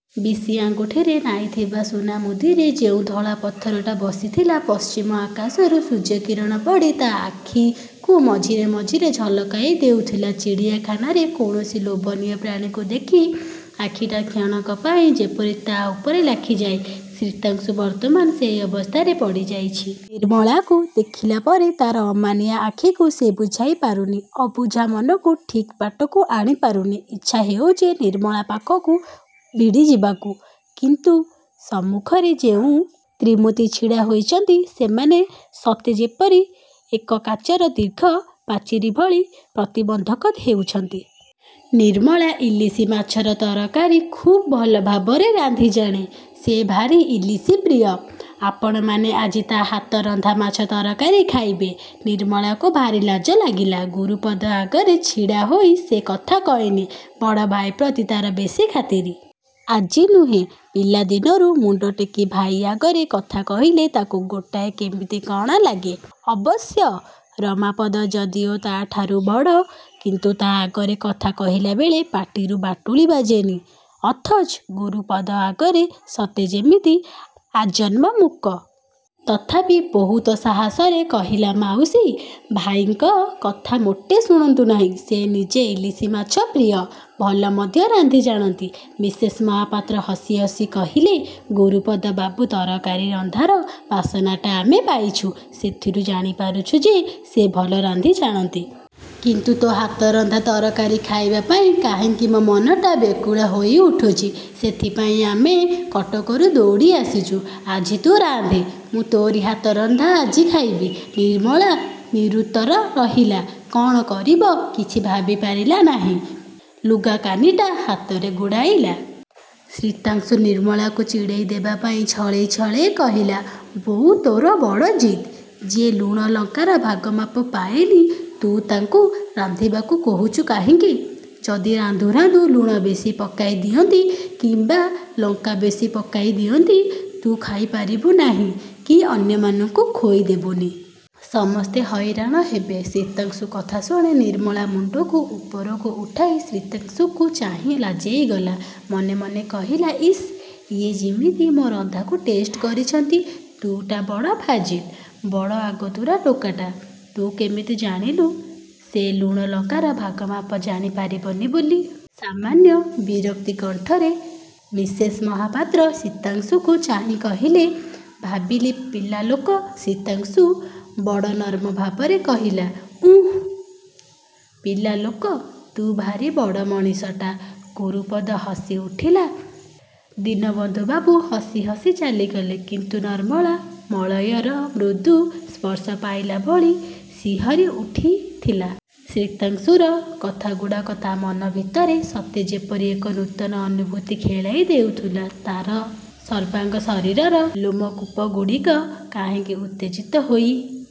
ବିଶି ଆଙ୍ଗୁଠିରେ ନାଇଥିବା ସୁନାମୁଦିରେ ଯେଉଁ ଧଳାପଥରଟା ବସିଥିଲା, ପଶ୍ଚିମ ଆକାଶରୁ ସୂର୍ଯ୍ୟକିରଣ ପଡ଼ି ତା' ଆଖିକୁ ମଝିରେ ମଝିରେ ଝଲକାଇ ଦେଉଥିଲା। ଚିଡ଼ିଆଖାନାରେ କୌଣସି ଲୋଭନୀୟ ପ୍ରାଣୀକୁ ଦେଖି ଆଖିଟା କ୍ଷଣକ ପାଇଁ ଯେପରି ତା' ଉପରେ ଲାଖିଯାଏ, ଶୀତାଂଶୁ ବର୍ତ୍ତମାନ୍ ସେହି ଅବସ୍ଥାରେ ପଡ଼ିଯାଇଛି। ନିର୍ମଳାକୁ ଦେଖିଲା ପରେ ତା'ର ଅମାନିଆ ଆଖିକୁ ସେ ବୁଝାଇ ପାରୁନି। ଅବୁଝା ମନକୁ ଠିକ୍ ବାଟକୁ ଆଣିପାରୁନି। ଇଚ୍ଛା ହେଉଛି ନିର୍ମଳା ପାଖକୁ ଭିଡ଼ିଯିବାକୁ। କିନ୍ତୁ ସମ୍ମୁଖରେ ଯେଉଁ ତ୍ରିମୂର୍ତ୍ତି ଛିଡ଼ା ହୋଇଛନ୍ତି, ସେମାନେ ସତେ ଯେପରି ଏକ କାଚର ଦୀର୍ଘ ପାଚେରୀଭଳି ପ୍ରତିବନ୍ଧକ ହେଉଛନ୍ତି। ନିର୍ମଳା ଇଲିସି ମାଛର ତରକାରୀ ଖୁବ୍ ଭଲ ଭାବରେ ରାନ୍ଧି ଜାଣେ। ସେ ଭାରି ଇଲିସି ପ୍ରିୟ, ଆପଣମାନେ ଆଜି ତା'ର ହାତରନ୍ଧା ମାଛ ତରକାରୀ ଖାଇବେ। ନିର୍ମଳାକୁ ଭାରି ଲାଜ ଲାଗିଲା, ଗୁରୁପଦ ଆଗରେ ଛିଡ଼ା ହୋଇ ସେ କଥା କହେନି। ବଡ଼ଭାଇ ପ୍ରତି ତା'ର ବେଶି ଖାତିରି। ଆଜି ନୁହେଁ ପିଲାଦିନରୁ ମୁଣ୍ଡଟେକି ଭାଇ ଆଗରେ କଥା କହିଲେ ତା'କୁ ଗୋଟାଏ କେମିତି କ'ଣ ଲାଗେ? ଅବଶ୍ୟ ରମାପଦ ଯଦିଓ ତା'ଠାରୁ ବଡ଼, କିନ୍ତୁ ତା' ଆଗରେ କଥା କହିଲାବେଳେ ପାଟିରେ ବାଟୁଳି ବାଜେନି। ଅଥଚ ଗୁରୁପଦ ଆଗରେ ସତେ ଯେମିତି ଆଜନ୍ମ ମୁକ। ତଥାପି ବହୁତ ସାହସରେ କହିଲା, ମାଉସୀ, ଭାଇଙ୍କ କଥା ମୋଟେ ଶୁଣନ୍ତୁ ନାହିଁ। ସେ ନିଜେ ଇଲିସି ମାଛ ପ୍ରିୟ, ଭଲ ମଧ୍ୟ ରାନ୍ଧି ଜାଣନ୍ତି। ମିସେସ୍ ମହାପାତ୍ର ହସି ହସି କହିଲେ, ଗୁରୁପଦ ବାବୁ ତରକାରୀ ରନ୍ଧାର ବାସନାଟା ଆମେ ପାଇଛୁ। ସେଥିରୁ ଜାଣିପାରିଛୁ ଯେ ସେ ଭଲ ରାନ୍ଧି ଜାଣନ୍ତି। କିନ୍ତୁ ତୋ ହାତରନ୍ଧା ତରକାରୀ ଖାଇବା ପାଇଁ କାହିଁକି ମୋ ମନଟା ବ୍ୟାକୁଳ ହୋଇଉଠୁଛି ସେଥିପାଇଁ ଆମେ କଟକରୁ ଦୌଡ଼ି ଆସିଛୁ। ଆଜି ତୁ ରାନ୍ଧେ। ମୁଁ ତୋରି ହାତରନ୍ଧା ଆଜି ଖାଇବି। ନିର୍ମଳା ନିରୁତ୍ତର ରହିଲା। କ'ଣ କରିବ କିଛି ଭାବିପାରିଲା ନାହିଁ। ଲୁଗାକାନିଟା ହାତରେ ଗୁଡ଼ାଇଲା। ଶୀତାଂଶୁ ନିର୍ମଳାକୁ ଚିଡ଼େଇ ଦେବା ପାଇଁ ଛଳେଇ ଛଳେଇ କହିଲା, ବୋଉ ତୋର ବଡ଼ ଜିଦ୍। ଯେ ଲୁଣ ଲଙ୍କାର ଭାଗମାପ ପାଏନି, ତୁ ତାଙ୍କୁ ରାନ୍ଧିବାକୁ କହୁଛୁ କାହିଁକି? ଯଦି ରାନ୍ଧୁ ରାନ୍ଧୁ ଲୁଣ ବେଶି ପକାଇ ଦିଅନ୍ତି କିମ୍ୱା ଲଙ୍କା ବେଶି ପକାଇ ଦିଅନ୍ତି, ତୁ ଖାଇପାରିବୁ ନାହିଁ କି ଅନ୍ୟମାନଙ୍କୁ ଖୋଇ ଦେବୁନି। ସମସ୍ତେ ହଇରାଣ ହେବେ। ଶୀତାଂଶୁ କଥା ଶୁଣି ନିର୍ମଳା ମୁଣ୍ଡକୁ ଉପରକୁ ଉଠାଇ ଶୀତାଂଶୁକୁ ଚାହିଁ ଲାଜେଇ ଗଲା। ମନେ ମନେ କହିଲା, ଇସ୍ ଇଏ ଯିମିତି ମୋ ରନ୍ଧାକୁ ଟେଷ୍ଟ କରିଛନ୍ତି। ତୁ ଟା ବଡ଼ ଫାଜିଲ୍। ବଡ଼ ଆଗତୁରା ଟୋକାଟା। ତୁ କେମିତି ଜାଣିଲୁ ସେ ଲୁଣ ଲଙ୍କାର ଭାଗ ମାପ ଜାଣି ପାରିବନି ବୋଲି? ସାମାନ୍ୟ ବିରକ୍ତି କଣ୍ଠରେ ମିସେସ୍ ମହାପାତ୍ର ଶୀତାଂଶୁକୁ ଚାହିଁ କହିଲେ। ଭାବିଲି ପିଲାଲୋକ। ଶୀତାଂଶୁ ବଡ଼ ନମ୍ର ଭାବରେ କହିଲା। ଉଁ... ପିଲାଲୋକ ତୁ ଭାରି ବଡ଼ ମଣିଷଟା। ଗୁରୁପଦ ହସି ଉଠିଲା ଦୀନବନ୍ଧୁ ବାବୁ ହସି ହସି ଚାଲିଗଲେ। କିନ୍ତୁ ନିର୍ମଳା ମଳୟର ମୃଦୁ ସ୍ପର୍ଶ ପାଇଲା ଭଳି ଶିହରୀ ଉଠିଥିଲା। ଶୀତାଂଶୁର କଥାଗୁଡ଼ାକ ତା' ମନ ଭିତରେ ସତେ ଯେପରି ଏକ ନୂତନ ଅନୁଭୂତି ଖେଳାଇ ଦେଉଥିଲା। ତା'ର ସର୍ବାଙ୍ଗ ଶରୀରର ଲୋମକୂପଗୁଡ଼ିକ କାହିଁକି ଉତ୍ତେଜିତ ହୋଇ